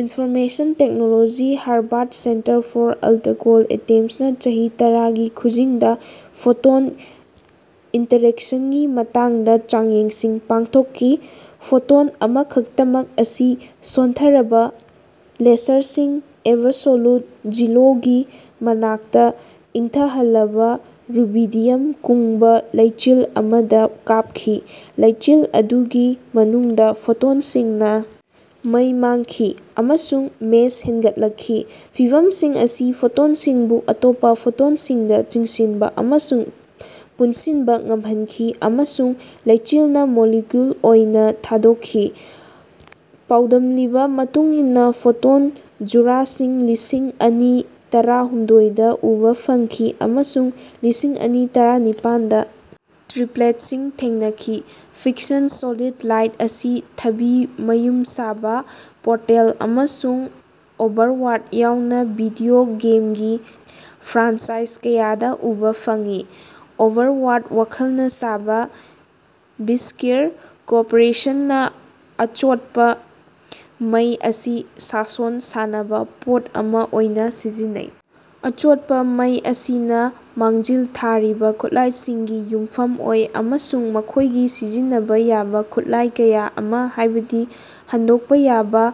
Information technology Harvard centre for ultracold ꯑꯦꯇꯦꯝꯁꯅ ꯆꯍꯤ ꯇꯔꯥꯒꯤ ꯈꯨꯖꯤꯡꯗ ꯐꯣꯇꯣꯟ ꯏꯟꯇꯔꯦꯛꯁꯟꯒꯤ ꯃꯇꯥꯡꯗ ꯆꯥꯡꯌꯦꯡꯁꯤꯡ ꯄꯥꯡꯊꯣꯛꯈꯤ꯫ ꯐꯣꯇꯣꯟ ꯑꯃꯈꯛꯇꯃꯛ ꯑꯁꯤ ꯁꯣꯟꯊꯔꯕ ꯂꯦꯁꯔꯁꯤꯡ ꯑꯦꯕꯁꯣꯂꯨꯠ ꯖꯤꯔꯣꯒꯤ ꯃꯅꯥꯛꯇ ꯏꯪꯊꯍꯜꯂꯕ ꯔꯨꯕꯤꯗꯤꯌꯝ ꯀꯨꯡꯕ ꯂꯩꯆꯤꯜ ꯑꯃꯗ ꯀꯥꯞꯈꯤ꯫ ꯂꯩꯆꯤꯜ ꯑꯗꯨꯒꯤ ꯃꯅꯨꯡꯗ ꯐꯣꯇꯣꯟꯁꯤꯡꯅ ꯃꯩ ꯃꯥꯡꯈꯤ ꯑꯃꯁꯨꯡ ꯃꯦꯁ ꯍꯦꯟꯒꯠꯂꯛꯈꯤ꯫ ꯐꯤꯚꯝꯁꯤꯡ ꯑꯁꯤꯅ ꯐꯣꯇꯣꯟꯁꯤꯡꯕꯨ ꯑꯇꯣꯞꯄ ꯐꯣꯇꯣꯟꯁꯤꯡꯗ ꯆꯤꯡꯁꯤꯟꯕ ꯑꯃꯁꯨꯡ ꯄꯨꯟꯁꯤꯟꯕ ꯉꯝꯍꯟꯈꯤ ꯑꯃꯁꯨꯡ ꯂꯩꯆꯤꯜꯅ ꯃꯣꯂꯤꯀꯨꯜ ꯑꯣꯏꯅ ꯊꯥꯗꯣꯛꯈꯤ꯫ ꯄꯥꯎꯗꯝꯂꯤꯕ ꯃꯇꯨꯡ ꯏꯟꯅ ꯐꯣꯇꯣꯟ ꯖꯨꯔꯥꯁꯤꯡ ꯂꯤꯁꯤꯡ ꯑꯅꯤ ꯇꯔꯥꯍꯨꯝꯗꯣꯏꯗ ꯎꯕ ꯐꯪꯈꯤ ꯑꯃꯁꯨꯡ ꯂꯤꯁꯤꯡ ꯑꯅꯤ ꯇꯔꯥꯅꯤꯄꯥꯟꯗ ꯇ꯭ꯔꯤꯄ꯭ꯂꯦꯠꯁꯤꯡ ꯊꯦꯡꯅꯈꯤ꯫ ꯐꯤꯛꯁꯟ ꯁꯣꯂꯤꯗ ꯂꯥꯏꯠ ꯑꯁꯤ ꯊꯥꯕꯤ ꯃꯌꯨꯝ ꯁꯥꯕ ꯄꯣꯔꯇꯦꯜ ꯑꯃꯁꯨꯡ ꯑꯣꯚꯔꯋꯥꯗ ꯌꯥꯎꯅ ꯚꯤꯗꯤꯑꯣ ꯒꯦꯝꯒꯤ ꯐ꯭ꯔꯥꯟꯆꯥꯏꯖ ꯀꯌꯥꯗ ꯎꯕ ꯐꯪꯉꯤ꯫ ꯑꯣꯚꯔꯋꯥꯗ ꯋꯥꯈꯜꯅ ꯁꯥꯕ ꯕꯤꯁ꯭ꯀꯔ ꯀꯣꯔꯄꯣꯔꯦꯁꯟꯅ ꯑꯆꯣꯠꯄ ꯃꯩ ꯑꯁꯤ ꯁꯥꯁꯣꯟ ꯁꯥꯅꯕ ꯄꯣꯠ ꯑꯃ ꯑꯣꯏꯅ ꯁꯤꯖꯤꯟꯅꯩ꯫ ꯑꯆꯣꯠꯄ ꯃꯩ ꯑꯁꯤꯅ ꯃꯥꯡꯖꯤꯜ ꯊꯥꯔꯤꯕ ꯈꯨꯠꯂꯥꯏꯁꯤꯡꯒꯤ ꯌꯨꯝꯐꯝ ꯑꯣꯏ ꯑꯃꯁꯨꯡ ꯃꯈꯣꯏꯒꯤ ꯁꯤꯖꯤꯟꯅꯕ ꯌꯥꯕ ꯈꯨꯠꯂꯥꯏ ꯀꯌꯥ ꯑꯃ ꯍꯥꯏꯕꯗꯤ ꯍꯟꯗꯣꯛꯄ ꯌꯥꯕ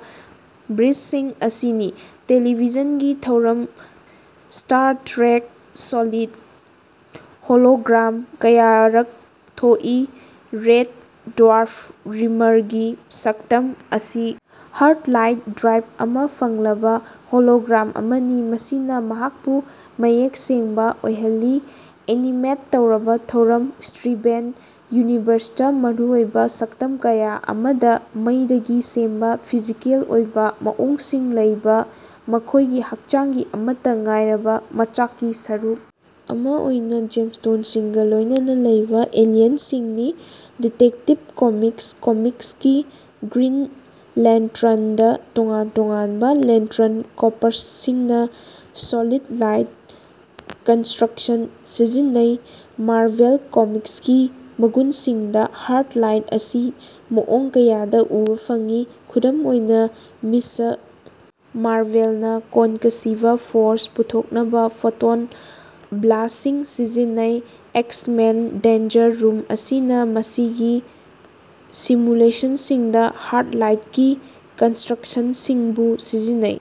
ꯕ꯭ꯔꯤꯖꯁꯤꯡ ꯑꯁꯤꯅꯤ꯫ ꯇꯦꯂꯤꯚꯤꯖꯟꯒꯤ ꯊꯧꯔꯝ ꯁ꯭ꯇꯥꯔ ꯇ꯭ꯔꯦꯛ ꯁꯣꯂꯤꯗ ꯍꯣꯂꯣꯒ꯭ꯔꯥꯝ ꯀꯌꯥꯔꯛ ꯊꯣꯛꯏ꯫ ꯔꯦꯗ ꯗ꯭ꯋꯔꯐ ꯔꯤꯝꯃꯔꯒꯤ ꯁꯛꯇꯝ ꯑꯁꯤ ꯍꯥꯔ꯭ꯗ ꯂꯥꯏꯠ ꯗ꯭ꯔꯥꯏꯕ ꯑꯃ ꯐꯪꯂꯕ ꯍꯣꯂꯣꯒ꯭ꯔꯥꯝ ꯑꯃꯅꯤ ꯃꯁꯤꯅ ꯃꯍꯥꯛꯄꯨ ꯃꯌꯦꯛ ꯁꯦꯡꯕ ꯑꯣꯏꯍꯜꯂꯤ꯫ ꯑꯦꯅꯤꯃꯦꯠ ꯇꯧꯔꯕ ꯊꯧꯔꯝ ꯁ꯭ꯇꯤꯚꯦꯟ ꯌꯨꯅꯤꯚꯔꯁꯇ ꯃꯔꯨꯑꯣꯏꯕ ꯁꯛꯇꯝ ꯀꯌꯥ ꯑꯃꯥꯗꯤ ꯃꯩꯗꯒꯤ ꯁꯦꯝꯕ ꯐꯤꯖꯤꯀꯦꯜ ꯑꯣꯏꯕ ꯃꯑꯣꯡꯁꯤꯡ ꯂꯩꯕ ꯃꯈꯣꯏꯒꯤ ꯍꯛꯆꯥꯡꯒꯤ ꯑꯃꯠꯇ ꯉꯥꯏꯔꯕ ꯃꯆꯥꯛꯀꯤ ꯁꯔꯨꯛ ꯑꯃ ꯑꯣꯏꯅ ꯖꯦꯝꯁꯇꯣꯟ ꯑꯃꯒ ꯂꯣꯏꯅꯅ ꯂꯩꯕ ꯑꯦꯂꯤꯌꯟꯁꯤꯡꯅꯤ꯫ ꯗꯤꯇꯦꯛꯇꯤꯚ ꯀꯣꯃꯤꯛꯁ ꯀꯣꯃꯤꯛꯁꯀꯤ ꯒ꯭ꯔꯤꯟ ꯂꯦꯟꯇ꯭ꯔꯟꯗ ꯇꯣꯉꯥꯟ ꯇꯣꯉꯥꯟꯕ ꯂꯦꯟꯇ꯭ꯔꯟ ꯀꯣꯔꯄ꯭ꯁꯁꯤꯡꯅ ꯁꯣꯂꯤꯗ ꯂꯥꯏꯠꯀꯤ ꯀꯟꯁꯇ꯭ꯔꯛꯁꯤꯡ ꯁꯤꯖꯤꯟꯅꯩ꯫ ꯃꯥꯔꯚꯦꯜ ꯀꯣꯃꯤꯛꯁꯀꯤ ꯃꯒꯨꯟꯁꯤꯡꯗ ꯍꯥꯔ꯭ꯗ ꯂꯥꯏꯠ ꯑꯁꯤ ꯃꯑꯣꯡ ꯀꯌꯥꯗ ꯎꯕ ꯐꯪꯉꯤ꯫ ꯈꯨꯗꯝ ꯑꯣꯏꯅ ꯃꯤꯁ ꯃꯥꯔꯚꯦꯜꯅ ꯀꯣꯟꯀꯁꯤꯕ ꯐꯣꯔꯁ ꯄꯨꯊꯣꯛꯅꯕ ꯐꯣꯇꯣꯟ ꯕ꯭ꯂꯥꯁ꯭ꯠꯁꯤꯡ ꯁꯤꯖꯤꯟꯅꯩ꯫ ꯑꯦꯛꯁ-ꯃꯦꯟ ꯗꯦꯟꯖꯔ ꯔꯨꯝ ꯑꯁꯤꯅ ꯃꯁꯤꯒꯤ ꯁꯤꯃꯨꯂꯦꯁꯟꯁꯤꯡꯗ ꯍꯥꯔ꯭ꯗ ꯂꯥꯏꯠꯀꯤ ꯀꯟꯁꯇ꯭ꯔꯛꯁꯤꯡꯁꯨ ꯁꯤꯖꯤꯟꯅꯩ꯫